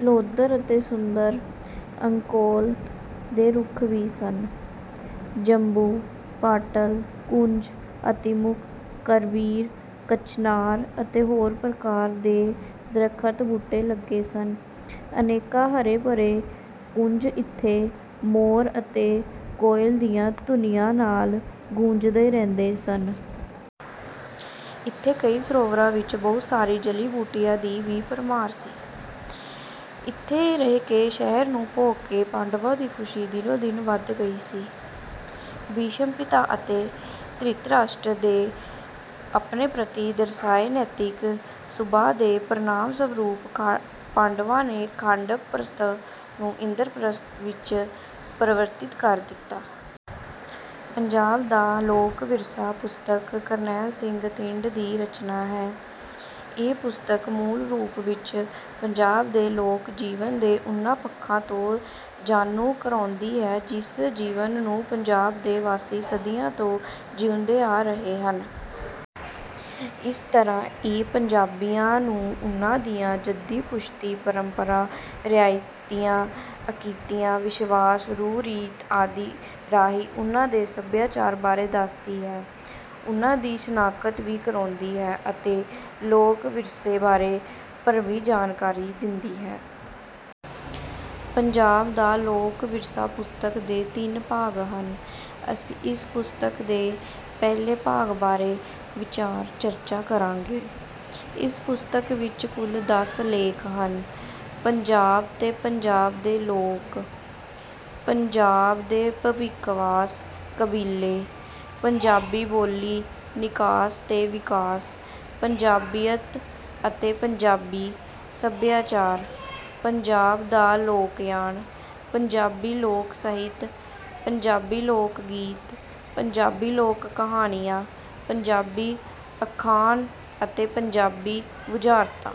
ਲੋਧਰ ਅਤੇ ਸੁੰਦਰ ਅੰਕੋਲ ਦੇ ਰੁੱਖ ਵੀ ਸਨ। ਜੰਬੂ, ਪਾਟਲ, ਕੁੰਜ, ਅਤੀਮੁਕਤ, ਕਰਵੀਰ, ਕਚਨਾਰ ਅਤੇ ਹੋਰ ਪ੍ਰਕਾਰ ਦੇ ਦਰੱਖਤ ਬੂਟੇ ਲੱਗੇ ਸਨ। ਅਨੇਕਾਂ ਹਰੇ ਭਰੇ ਕੁੰਜ ਇੱਥੇ ਮੋਰ ਅਤੇ ਕੋਇਲ ਦੀਆਂ ਧੁਨੀਆਂ ਨਾਲ ਗੂੰਜਦੇ ਰਹਿੰਦੇ ਸਨ। ਇੱਥੇ ਕਈ ਸਰੋਵਰਾਂ ਵਿੱਚ ਬਹੁਤ ਸਾਰੀ ਜਲੀ ਬੂਟੀਆਂ ਦੀ ਵੀ ਭਰਮਾਰ ਸੀ। ਇੱਥੇ ਰਹਿ ਕੇ ਸ਼ਹਿਰ ਨੂੰ ਭੋਗ ਕੇ ਪਾਂਡਵਾਂ ਦੀ ਖੁਸ਼ੀ ਦਿਨੋਂ ਦਿਨ ਵੱਧਦੀ ਗਈ ਸੀ। ਭੀਸ਼ਮ ਪਿਤਾ ਅਤੇ ਧ੍ਰਿਤਰਾਸ਼ਟਰ ਦੇ ਆਪਣੇ ਪ੍ਰਤੀ ਦਰਸਾਏ ਨੈਤਿਕ ਸੁਭਾਅ ਦੇ ਪ੍ਰਣਾਮ ਸਰੂਪ ਪਾਂਡਵਾਂ ਨੇ ਖਾਂਡਵਪ੍ਰਸਥ ਨੂੰ ਇੰਦਰਪ੍ਰਸਥ ਵਿੱਚ ਪਰਿਵਰਤਿਤ ਕਰ ਦਿੱਤਾ। ਪੰਜਾਬ ਦਾ ਲੋਕ ਵਿਰਸਾ ਪੁਸਤਕ ਕਰਨੈਲ ਸਿੰਘ ਥਿੰਦ ਦੀ ਰਚਨਾ ਹੈ। ਇਹ ਪੁਸਤਕ ਮੂਲ ਰੂਪ ਵਿੱਚ ਪੰਜਾਬ ਦੇ ਲੋਕ ਜੀਵਨ ਦੇ ਉਹਨਾਂ ਪੱਖਾਂ ਤੋਂ ਜਾਣੂ ਕਰਵਾਉਂਦੀ ਹੈ ਜਿਸ ਜੀਵਨ ਨੂੰ ਪੰਜਾਬ ਦੇ ਵਾਸੀ ਸਦੀਆਂ ਤੋਂ ਜੀਊਂਦੇ ਆ ਰਹੇ ਹਨ। ਇਸ ਤਰ੍ਹਾਂ ਇਹ ਪੰਜਾਬੀਆਂ ਨੂੰ ਉਨ੍ਹਾਂ ਦੀਆਂ ਜੱਦੀ ਪੁਸ਼ਤੀ ਪਰੰਪਰਾਵਾਂ ਰਿਆਇਤਾਂ ਅਕੀਦਿਆਂ ਵਿਸ਼ਵਾਸਾਂ ਰਹੁ ਰੀਤਾਂ ਆਦਿ ਰਾਹੀਂ ਉਨ੍ਹਾਂ ਦੇ ਸੱਭਿਆਚਾਰ ਬਾਰੇ ਦੱਸਦੀ ਹੈ ਉਨ੍ਹਾਂ ਦੀ ਸ਼ਨਾਖਤ ਵੀ ਕਰਾਉਂਦੀ ਹੈ ਅਤੇ ਲੋਕ ਵਿਰਸੇ ਬਾਰੇ ਭਰਵੀਂ ਜਾਣਕਾਰੀ ਦਿੰਦੀ ਹੈ। ਪੰਜਾਬ ਦਾ ਲੋਕ ਵਿਰਸਾ ਪੁਸਤਕ ਦੇ ਤਿੰਨ ਭਾਗ ਹਨ। ਅਸੀਂ ਇਸ ਪੁਸਤਕ ਦੇ ਪਹਿਲੇ ਭਾਗ ਬਾਰੇ ਵਿਚਾਰ ਚਰਚਾ ਕਰਾਂਗੇ। ਇਸ ਪੁਸਤਕ ਵਿੱਚ ਕੁੱਲ ਦਸ ਲੇਖ ਹਨ ਪੰਜਾਬ ਤੇ ਪੰਜਾਬ ਦੇ ਲੋਕ ਪੰਜਾਬ ਦੇ ਭਵੀਖਵਾਸ ਕਬੀਲੇ ਪੰਜਾਬੀ ਬੋਲੀ ਨਿਕਾਸ ਤੇ ਵਿਕਾਸ ਪੰਜਾਬੀਅਤ ਅਤੇ ਪੰਜਾਬੀ ਸੱਭਿਆਚਾਰ ਪੰਜਾਬ ਦਾ ਲੋਕਯਾਨ ਪੰਜਾਬੀ ਲੋਕ ਸਾਹਿਤ ਪੰਜਾਬੀ ਲੋਕ ਗੀਤ ਪੰਜਾਬੀ ਲੋਕ ਕਹਾਣੀਆਂ ਪੰਜਾਬੀ ਅਖਾਣ ਅਤੇ ਪੰਜਾਬੀ ਬੁਝਾਰਤਾਂ।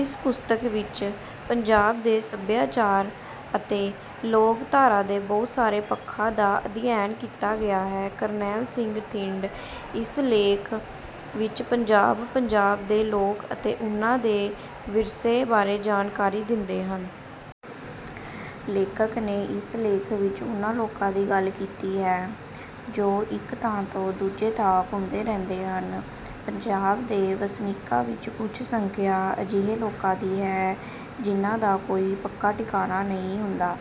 ਇਸ ਪੁਸਤਕ ਵਿੱਚ ਪੰਜਾਬ ਦੇ ਸੱਭਿਆਚਾਰ ਅਤੇ ਲੋਕਧਾਰਾ ਦੇ ਬਹੁਤ ਸਾਰੇ ਪੱਖਾਂ ਦਾ ਅਧਿਐਨ ਕੀਤਾ ਗਿਆ ਹੈ। ਕਰਨੈਲ ਸਿੰਘ ਥਿੰਦ ਇਸ ਲੇਖ ਵਿੱਚ ਪੰਜਾਬ ਪੰਜਾਬ ਦੇ ਲੋਕਾਂ ਅਤੇ ਉਹਨਾਂ ਦੇ ਵਿਰਸੇ ਬਾਰੇ ਜਾਣਕਾਰੀ ਦਿੰਦੇ ਹਨ। ਲੇਖਕ ਨੇ ਇਸ ਲੇਖ ਵਿੱਚ ਉਨ੍ਹਾਂ ਲੋਕਾਂ ਦੀ ਗੱਲ ਕੀਤੀ ਹੈ ਜੋ ਇੱਕ ਥਾਂ ਤੋਂ ਦੂਜੀ ਥਾਂ ਘੁੰਮਦੇ ਰਹਿੰਦੇ ਹਨ। ਪੰਜਾਬ ਦੇ ਵਸਨੀਕਾਂ ਵਿੱਚ ਕੁਝ ਸੰਖਿਆ ਅਜਿਹੇ ਲੋਕਾਂ ਦੀ ਹੈ ਜਿਹਨਾਂ ਦਾ ਕੋਈ ਪੱਕਾ ਟਿਕਾਣਾ ਨਹੀਂ ਹੁੰਦਾ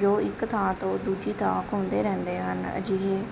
ਜੋ ਇੱਕ ਥਾਂ ਤੋਂ ਦੂਜੀ ਥਾਂ ਘੁੰਮਦੇ ਰਹਿੰਦੇ ਹਨ। ਅਜਿਹੇ